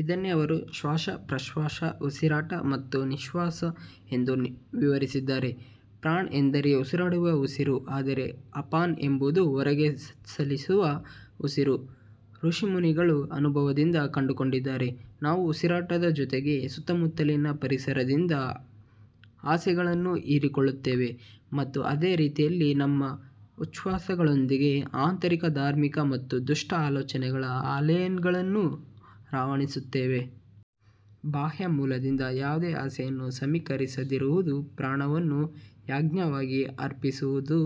ಇದನ್ನೇ ಅವರು ಶ್ವಾಸ ಪ್ರಶ್ವಾಸ್ ಉಸಿರಾಟ ಮತ್ತು ನಿಶ್ವಾಸ ಎಂದೂ ವಿವರಿಸಿದ್ದಾರೆ ಪ್ರಾಣ್ ಎಂದರೆ ಉಸಿರಾಡುವ ಉಸಿರು ಆದರೆ ಅಪಾನ್ ಎಂಬುದು ಹೊರಗೆ ಚಲಿಸುವ ಉಸಿರು ಋಷಿಮುನಿಗಳು ಅನುಭವದಿಂದ ಕಂಡುಕೊಂಡಿದ್ದಾರೆ, ನಾವು ಉಸಿರಾಟದ ಜೊತೆಗೆ ಸುತ್ತಮುತ್ತಲಿನ ಪರಿಸರದಿಂದ ಆಸೆಗಳನ್ನು ಹೀರಿಕೊಳ್ಳುತ್ತೇವೆ ಮತ್ತು ಅದೇ ರೀತಿಯಲ್ಲಿ ನಮ್ಮ ಉಚ್ಛ್ವಾಸಗಳೊಂದಿಗೆ ಆಂತರಿಕ ಧಾರ್ಮಿಕ ಮತ್ತು ದುಷ್ಟ ಆಲೋಚನೆಗಳ ಅಲೆಗಳನ್ನು ರವಾನಿಸುತ್ತೇವೆ. ಬಾಹ್ಯ ಮೂಲದಿಂದ ಯಾವುದೇ ಆಸೆಯನ್ನು ಸಮೀಕರಿಸದಿರುವುದು ಪ್ರಾಣವನ್ನು ಯಜ್ಞವಾಗಿ ಅರ್ಪಿಸುವುದು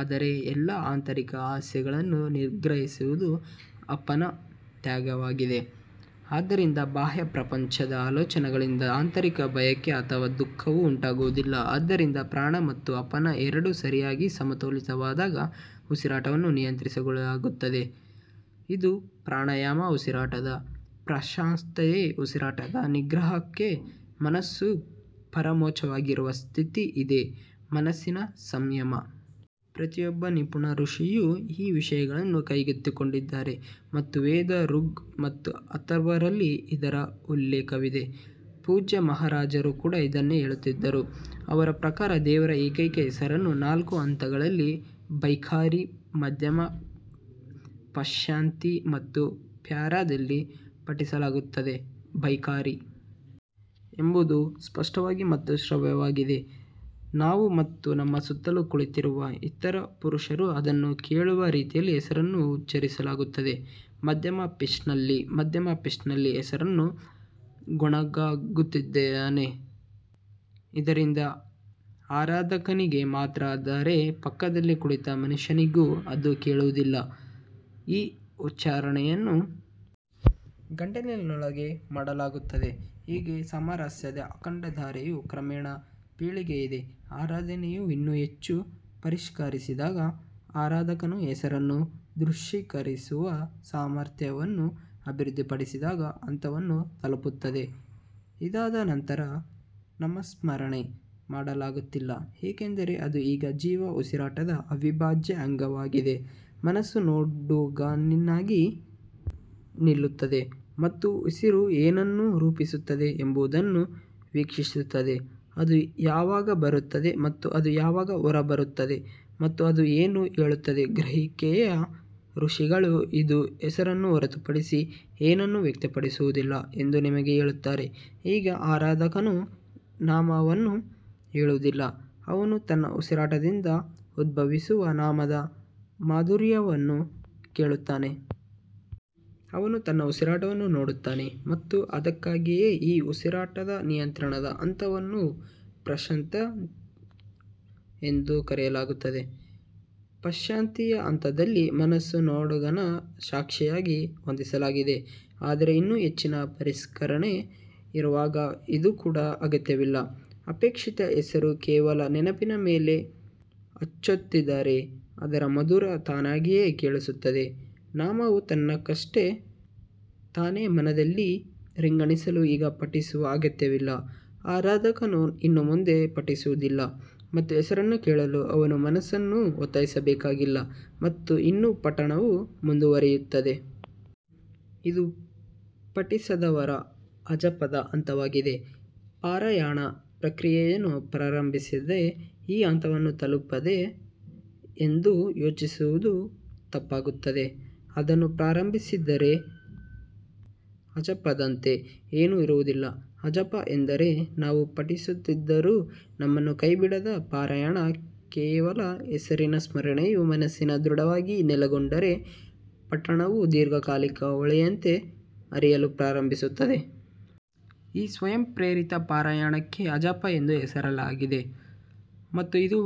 ಆದರೆ ಎಲ್ಲಾ ಆಂತರಿಕ ಆಸೆಗಳನ್ನು ನಿಗ್ರಹಿಸುವುದು ಅಪನ ತ್ಯಾಗವಾಗಿದೆ, ಆದ್ದರಿಂದ ಬಾಹ್ಯ ಪ್ರಪಂಚದ ಆಲೋಚನೆಗಳಿಂದ ಆಂತರಿಕ ಬಯಕೆ ಅಥವಾ ದುಃಖವು ಉಂಟಾಗುವುದಿಲ್ಲ. ಆದ್ದರಿಂದ ಪ್ರಾಣ ಮತ್ತು ಅಪನ ಎರಡೂ ಸರಿಯಾಗಿ ಸಮತೋಲಿತವಾದಾಗ ಉಸಿರಾಟವನ್ನು ನಿಯಂತ್ರಿಸಲಾಗುತ್ತದೆ ಇದು ಪ್ರಾಣಾಯಾಮ ಉಸಿರಾಟದ ಪ್ರಶಾಂತತೆ ಉಸಿರಾಟದ ನಿಗ್ರಹಕ್ಕೆ ಮನಸ್ಸು ಪರಮೋಚ್ಚವಾಗಿರುವ ಸ್ಥಿತಿ ಇದೇ ಮನಸ್ಸಿನ ಸಂಯಮ. ಪ್ರತಿಯೊಬ್ಬ ನಿಪುಣ ಋಷಿಯೂ ಈ ವಿಷಯವನ್ನು ಕೈಗೆತ್ತಿಕೊಂಡಿದ್ದಾರೆ ಮತ್ತು ವೇದ ಋಗ್ ಮತ್ತು ಅಥರ್ವ ರಲ್ಲಿ ಇದರ ಉಲ್ಲೇಖವಿದೆ. ಪೂಜ್ಯ ಮಹಾರಾಜರು ಕೂಡ ಇದನ್ನೇ ಹೇಳುತ್ತಿದ್ದರು ಅವರ ಪ್ರಕಾರ ದೇವರ ಏಕೈಕ ಹೆಸರನ್ನು ನಾಲ್ಕು ಹಂತಗಳಲ್ಲಿ ಬೈಖಾರಿ ಮಧ್ಯಮ ಪಶ್ಯಂತಿ ಮತ್ತು ಪ್ಯಾರಾದಲ್ಲಿ ಪಠಿಸಲಾಗುತ್ತದೆ ಬೈಖಾರಿ ಎಂಬುದು ಸ್ಪಷ್ಟವಾಗಿ ಮತ್ತು ಶ್ರವ್ಯವಾಗಿದೆ ನಾವು ಮತ್ತು ನಮ್ಮ ಸುತ್ತಲೂ ಕುಳಿತಿರುವ ಇತರ ಪುರುಷರು ಅದನ್ನು ಕೇಳುವ ರೀತಿಯಲ್ಲಿ ಹೆಸರನ್ನು ಉಚ್ಚರಿಸಲಾಗುತ್ತದೆ ಮಧ್ಯಮ ಪಿಚ್ನಲ್ಲಿ ಮಧ್ಯಮ ಪಿಚ್ನಲ್ಲಿ ಹೆಸರನ್ನು ಗೊಣಗುತ್ತಿದ್ದಾನೆ ಇದರಿಂದ ಆರಾಧಕನಿಗೆ ಮಾತ್ರ ಆದರೆ ಪಕ್ಕದಲ್ಲಿ ಕುಳಿತ ಮನುಷ್ಯನಿಗೂ ಅದು ಕೇಳುವುದಿಲ್ಲ ಈ ಉಚ್ಚಾರಣೆಯನ್ನು ಗಂಟಲಿನೊಳಗೆ ಮಾಡಲಾಗುತ್ತದೆ ಹೀಗೆ ಸಾಮರಸ್ಯದ ಅಖಂಡ ಧಾರೆಯ ಕ್ರಮೇಣ ಪೀಳಿಗೆಯಿದೆ ಆರಾಧನೆಯು ಇನ್ನೂ ಹೆಚ್ಚು ಪರಿಷ್ಕರಿಸಿದಾಗ ಆರಾಧಕನು ಹೆಸರನ್ನು ದೃಶ್ಯೀಕರಿಸುವ ಸಾಮರ್ಥ್ಯವನ್ನು ಅಭಿವೃದ್ಧಿಪಡಿಸಿದಾಗ ಹಂತವನ್ನು ತಲುಪುತ್ತದೆ ಇದಾದ ನಂತರ ನಾಮಸ್ಮರಣೆ ಮಾಡಲಾಗುತ್ತಿಲ್ಲ ಏಕೆಂದರೆ ಅದು ಈಗ ಜೀವ ಉಸಿರಾಟದ ಅವಿಭಾಜ್ಯ ಅಂಗವಾಗಿದೆ ಮನಸ್ಸು ನೋಡುಗನಾಗಿ ನಿಲ್ಲುತ್ತದೆ ಮತ್ತು ಉಸಿರು ಏನನ್ನು ರೂಪಿಸುತ್ತದೆ ಎಂಬುದನ್ನು ವೀಕ್ಷಿಸುತ್ತದೆ ಅದು ಯಾವಾಗ ಬರುತ್ತದೆ ಮತ್ತು ಅದು ಯಾವಾಗ ಹೊರಬರುತ್ತದೆ ಮತ್ತು ಅದು ಏನು ಹೇಳುತ್ತದೆ ಗ್ರಹಿಕೆಯ ಋಷಿಗಳು ಇದು ಹೆಸರನ್ನು ಹೊರತುಪಡಿಸಿ ಏನನ್ನೂ ವ್ಯಕ್ತಪಡಿಸುವುದಿಲ್ಲ ಎಂದು ನಮಗೆ ಹೇಳುತ್ತಾರೆ ಈಗ ಆರಾಧಕನು ನಾಮವನ್ನು ಹೇಳುವುದಿಲ್ಲ, ಅವನು ತನ್ನ ಉಸಿರಾಟದಿಂದ ಉದ್ಭವಿಸುವ ನಾಮದ ಮಾಧುರ್ಯವನ್ನು ಕೇಳುತ್ತಾನೆ. ಅವನು ತನ್ನ ಉಸಿರಾಟವನ್ನು ನೋಡುತ್ತಾನೆ ಮತ್ತು ಅದಕ್ಕಾಗಿಯೇ ಈ ಉಸಿರಾಟದ ನಿಯಂತ್ರಣದ ಹಂತವನ್ನು ಪಶ್ಯಂತಿ ಎಂದು ಕರೆಯಲಾಗುತ್ತದೆ ಪಶ್ಯಂತಿಯ ಹಂತದಲ್ಲಿ ಮನಸ್ಸನ್ನು ನೋಡುಗನ ಸಾಕ್ಷಿಯಾಗಿ ಹೊಂದಿಸಲಾಗಿದೆ ಆದರೆ ಇನ್ನೂ ಹೆಚ್ಚಿನ ಪರಿಷ್ಕರಣೆ ಇರುವಾಗ ಇದು ಕೂಡ ಅಗತ್ಯವಿಲ್ಲ ಅಪೇಕ್ಷಿತ ಹೆಸರು ಕೇವಲ ನೆನಪಿನ ಮೇಲೆ ಅಚ್ಚೊತ್ತಿದರೆ ಅದರ ಮಧುರ ತಾನಾಗಿಯೇ ಕೇಳಿಸುತ್ತದೆ ನಾಮವು ತನ್ನಷ್ಟಕ್ಕೆ ತಾನೆ ಮನದಲ್ಲಿ ರಿಂಗಣಿಸಲು ಈಗ ಪಠಿಸುವ ಅಗತ್ಯವಿಲ್ಲ ಆರಾಧಕನು ಇನ್ನು ಮುಂದೆ ಪಠಿಸುವುದಿಲ್ಲ ಮತ್ತು ಹೆಸರನ್ನು ಕೇಳಲು ಅವನು ಮನಸ್ಸನ್ನು ಒತ್ತಾಯಿಸಬೇಕಾಗಿಲ್ಲ ಮತ್ತು ಇನ್ನೂ ಪಠಣವು ಮುಂದುವರಿಯುತ್ತದೆ. ಇದು ಪಠಿಸದವರ ಅಜಪದ ಹಂತವಾಗಿದೆ ಪಾರಾಯಣ ಪ್ರಕ್ರಿಯೆಯನ್ನು ಪ್ರಾರಂಭಿಸದೆ ಈ ಹಂತವನ್ನು ತಲುಪಿದೆ ಎಂದು ಯೋಚಿಸುವುದು ತಪ್ಪಾಗುತ್ತದೆ ಅದನ್ನು ಪ್ರಾರಂಭಿಸದಿದ್ದರೆ ಅಜಪದಂತೆ ಏನೂ ಇರುವುದಿಲ್ಲ ಅಜಪ ಎಂದರೆ ನಾವು ಪಠಿಸದಿದ್ದರೂ ನಮ್ಮನ್ನು ಕೈಬಿಡದ ಪಾರಾಯಣ ಕೇವಲ ಹೆಸರಿನ ಸ್ಮರಣೆಯು ಮನಸ್ಸಿನಲ್ಲಿ ದೃಢವಾಗಿ ನೆಲೆಗೊಂಡರೆ, ಪಠಣವು ದೀರ್ಘಕಾಲಿಕ ಹೊಳೆಯಂತೆ ಹರಿಯಲು ಪ್ರಾರಂಭಿಸುತ್ತದೆ. ಈ ಸ್ವಯಂಪ್ರೇರಿತ ಪಾರಾಯಣಕ್ಕೆ ಅಜಪ ಎಂದು ಹೆಸರಿಸಲಾಗಿದೆ ಮತ್ತು ಇದು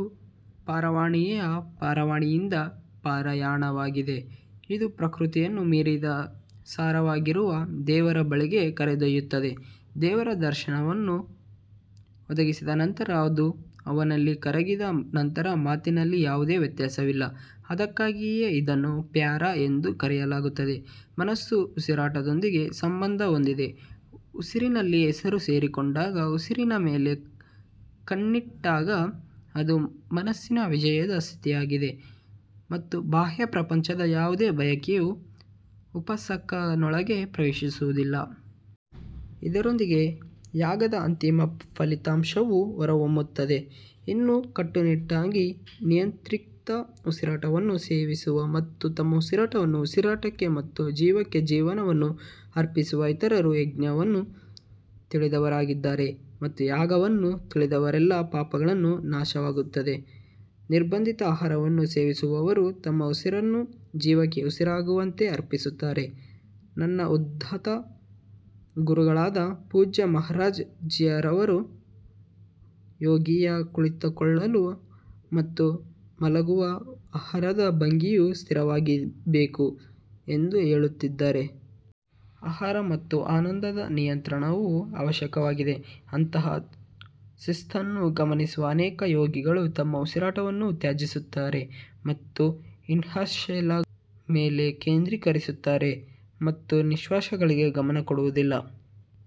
ಪಾರವಾಣಿಯ ಪಾರವಣಿಯಿಂದ ಪಾರಾಯಣವಾಗಿದೆ. ಇದು ಪ್ರಕೃತಿಯನ್ನು ಮೀರಿದ ಸಾರವಾಗಿರುವ ದೇವರ ಬಳಿಗೆ ಕರೆದೊಯ್ಯುತ್ತದೆ ದೇವರ ದರ್ಶನವನ್ನು ಒದಗಿಸಿದ ನಂತರ ಅದು ಅವನಲ್ಲಿ ಕರಗಿದ ನಂತರ ಮಾತಿನಲ್ಲಿ ಯಾವುದೇ ವ್ಯತ್ಯಾಸವಿಲ್ಲ ಅದಕ್ಕಾಗಿಯೇ ಇದನ್ನು ಪ್ಯಾರಾ ಎಂದು ಕರೆಯಲಾಗುತ್ತದೆ ಮನಸ್ಸು ಉಸಿರಾಟದೊಂದಿಗೆ ಸಂಬಂಧ ಹೊಂದಿದೆ ಉಸಿರಿನಲ್ಲಿ ಹೆಸರು ಸೇರಿಕೊಂಡಾಗ ಉಸಿರಿನ ಮೇಲೆ ಕಣ್ಣಿಟ್ಟಾಗ ಅದು ಮನಸ್ಸಿನ ವಿಜಯದ ಸ್ಥಿತಿಯಾಗಿದೆ ಮತ್ತು ಬಾಹ್ಯ ಪ್ರಪಂಚದ ಯಾವುದೇ ಬಯಕೆಯು ಉಪಾಸಕನೊಳಗೆ ಪ್ರವೇಶಿಸುವುದಿಲ್ಲ. ಇದರೊಂದಿಗೆ ಯಾಗದ ಅಂತಿಮ ಫಲಿತಾಂಶವು ಹೊರಹೊಮ್ಮುತ್ತದೆ ಇನ್ನೂ ಕಟ್ಟುನಿಟ್ಟಾಗಿ ನಿಯಂತ್ರಿತ ಉಸಿರಾಟವನ್ನು ಸೇವಿಸುವ ಮತ್ತು ತಮ್ಮ ಉಸಿರಾಟವನ್ನು ಉಸಿರಾಟಕ್ಕೆ ಮತ್ತು ಜೀವಕ್ಕೆ ಜೀವವನ್ನು ಅರ್ಪಿಸುವ ಇತರರು ಯಜ್ಞವನ್ನು ತಿಳಿದವರಾಗಿದ್ದಾರೆ ಮತ್ತು ಯಾಗವನ್ನು ತಿಳಿದವರೆಲ್ಲರ ಪಾಪಗಳು ನಾಶವಾಗುತ್ತವೆ. ನಿರ್ಬಂಧಿತ ಆಹಾರವನ್ನು ಸೇವಿಸುವವರು ತಮ್ಮ ಉಸಿರನ್ನು ಜೀವಕ್ಕೆ ಉಸಿರಾಗುವಂತೆ ಅರ್ಪಿಸುತ್ತಾರೆ ನನ್ನ ಉದಾತ್ತ ಗುರುಗಳಾದ ಪೂಜ್ಯ ಮಹಾರಾಜ್ ಜೀಯವರು ಯೋಗಿಯ ಕುಳಿತುಕೊಳ್ಳುವ ಮತ್ತು ಮಲಗುವ ಆಹಾರದ ಭಂಗಿಯು ಸ್ಥಿರವಾಗಿರಬೇಕು ಎಂದು ಹೇಳುತ್ತಿದ್ದರು. ಆಹಾರ ಮತ್ತು ಆನಂದದ ನಿಯಂತ್ರಣವು ಅವಶ್ಯಕವಾಗಿದೆ ಅಂತಹ ಶಿಸ್ತನ್ನು ಗಮನಿಸುವ ಅನೇಕ ಯೋಗಿಗಳು ತಮ್ಮ ಉಸಿರಾಟವನ್ನು ತ್ಯಜಿಸುತ್ತಾರೆ ಮತ್ತು ಇನ್ಹಲೇಷನ್ಗಳ ಮೇಲೆ ಕೇಂದ್ರೀಕರಿಸುತ್ತಾರೆ ಮತ್ತು ನಿಶ್ವಾಸಗಳಿಗೆ ಗಮನ ಕೊಡುವುದಿಲ್ಲ.